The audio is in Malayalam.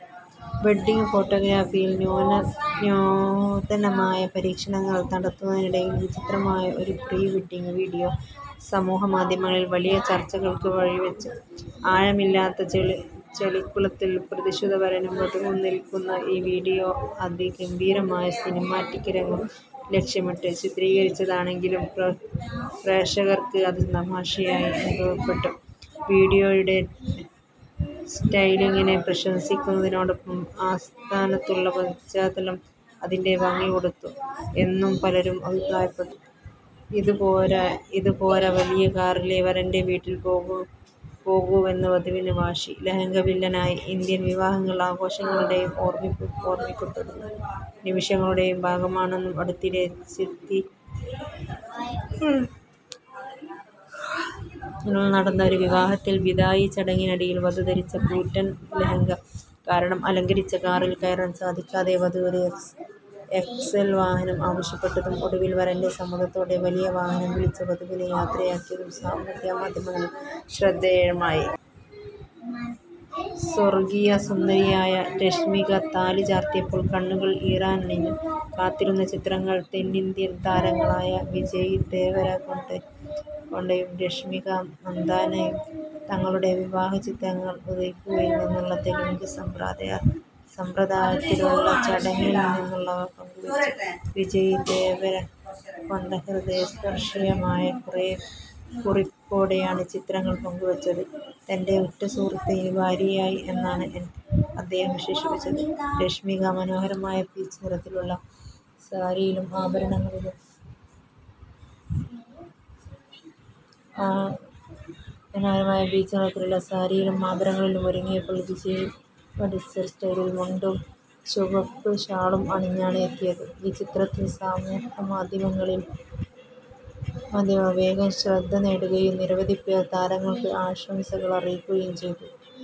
വെഡ്ഡിങ് ഫോട്ടോഗ്രാഫിയിൽ നൂതനമായ പരീക്ഷണങ്ങൾ നടത്തുന്നതിനിടയിൽ വിചിത്രമായ ഒരു പ്രീ-വെഡ്ഡിങ് വീഡിയോ സമൂഹമാധ്യമങ്ങളിൽ വലിയ ചർച്ചകൾക്ക് വഴിവെച്ചു. ആഴമില്ലാത്ത ചെളിക്കുളത്തിൽ പ്രതിശ്രുത വരനും വധുവും നിൽക്കുന്ന ഈ വീഡിയോ, അതിഗംഭീരമായ സിനിമാറ്റിക് രംഗം ലക്ഷ്യമിട്ട് ചിത്രീകരിച്ചതാണെങ്കിലും, പ്രേക്ഷകർക്ക് അത് തമാശയായി അനുഭവപ്പെട്ടു. വീഡിയോയുടെ സ്റ്റൈലിംഗിനെ പ്രശംസിക്കുന്നതിനോടൊപ്പം, അസ്ഥാനത്തുള്ള പശ്ചാത്തലം അതിൻ്റെ ഭംഗി കെടുത്തുന്നു എന്നും പലരും അഭിപ്രായപ്പെട്ടു. ഇത് പോര, വലിയ കാറിലേ വരന്റെ വീട്ടിൽ പോകൂവെന്ന് വധുവിന് വാശി; ലഹങ്ക വില്ലനായി! ഇന്ത്യൻ വിവാഹങ്ങൾ ആഘോഷങ്ങളുടെയും ഓർമ്മിക്കപ്പെടുന്ന നിമിഷങ്ങളുടെയും ഭാഗമാണെന്നും, അടുത്തിടെ ഛത്തീസ്ഗഢിൽ നടന്ന ഒരു വിവാഹത്തിൽ ബിദായി ചടങ്ങിനിടയിൽ വധു ധരിച്ച കൂറ്റൻ ലെഹങ്ക കാരണം അലങ്കരിച്ച കാറിൽ കയറാൻ സാധിക്കാതെ വധു ഒരു എക്സ്എൽ വാഹനം ആവശ്യപ്പെട്ടതും, ഒടുവിൽ വരന്റെ സമ്മതത്തോടെ വലിയ വാഹനം വിളിച്ച് വധുവിനെ യാത്രയാക്കിയതും സാമൂഹ്യ മാധ്യമങ്ങളിൽ ശ്രദ്ധേയമായി. സ്വർഗീയ സുന്ദരിയായി രശ്മിക; താലി ചാർത്തിയപ്പോൾ കണ്ണുകൾ ഈറനണിഞ്ഞു; കാത്തിരുന്ന ചിത്രങ്ങൾ! തെന്നിന്ത്യൻ താരങ്ങളായ വിജയ് ദേവരകൊണ്ടയും രശ്മിക മന്ദാനയും തങ്ങളുടെ വിവാഹ ചിത്രങ്ങൾ ഉദയ്പൂരിൽ നിന്നുള്ള തെലുങ്ക് സമ്പ്രദായത്തിലുള്ള ചടങ്ങിൽ നിന്നുള്ളവ പങ്കുവെച്ചു, വിജയ് ദേവരകൊണ്ട ഹൃദയസ്പർശിയായ കുറിപ്പോടെയാണ് ചിത്രങ്ങൾ പങ്കുവെച്ചത്, തൻ്റെ ഉറ്റ സുഹൃത്ത് ഇനി ഭാര്യയായി എന്നാണ് അദ്ദേഹം വിശേഷിപ്പിച്ചത്, രശ്മിക മനോഹരമായ പീച്ച് നിറത്തിലുള്ള സാരിയിലും ആഭരണങ്ങളിലും ഒരുങ്ങിയപ്പോൾ, വിജയ് മടിസർ സ്റ്റൈലിൽ മുണ്ടും ചുവപ്പ് ഷാളും അണിഞ്ഞാണ് എത്തിയത്, ഈ ചിത്രങ്ങൾ സമൂഹമാധ്യമങ്ങളിൽ വേഗം ശ്രദ്ധനേടുകയും നിരവധി പേർ താരങ്ങൾക്ക് ആശംസകളറിയിക്കുകയും ചെയ്തു.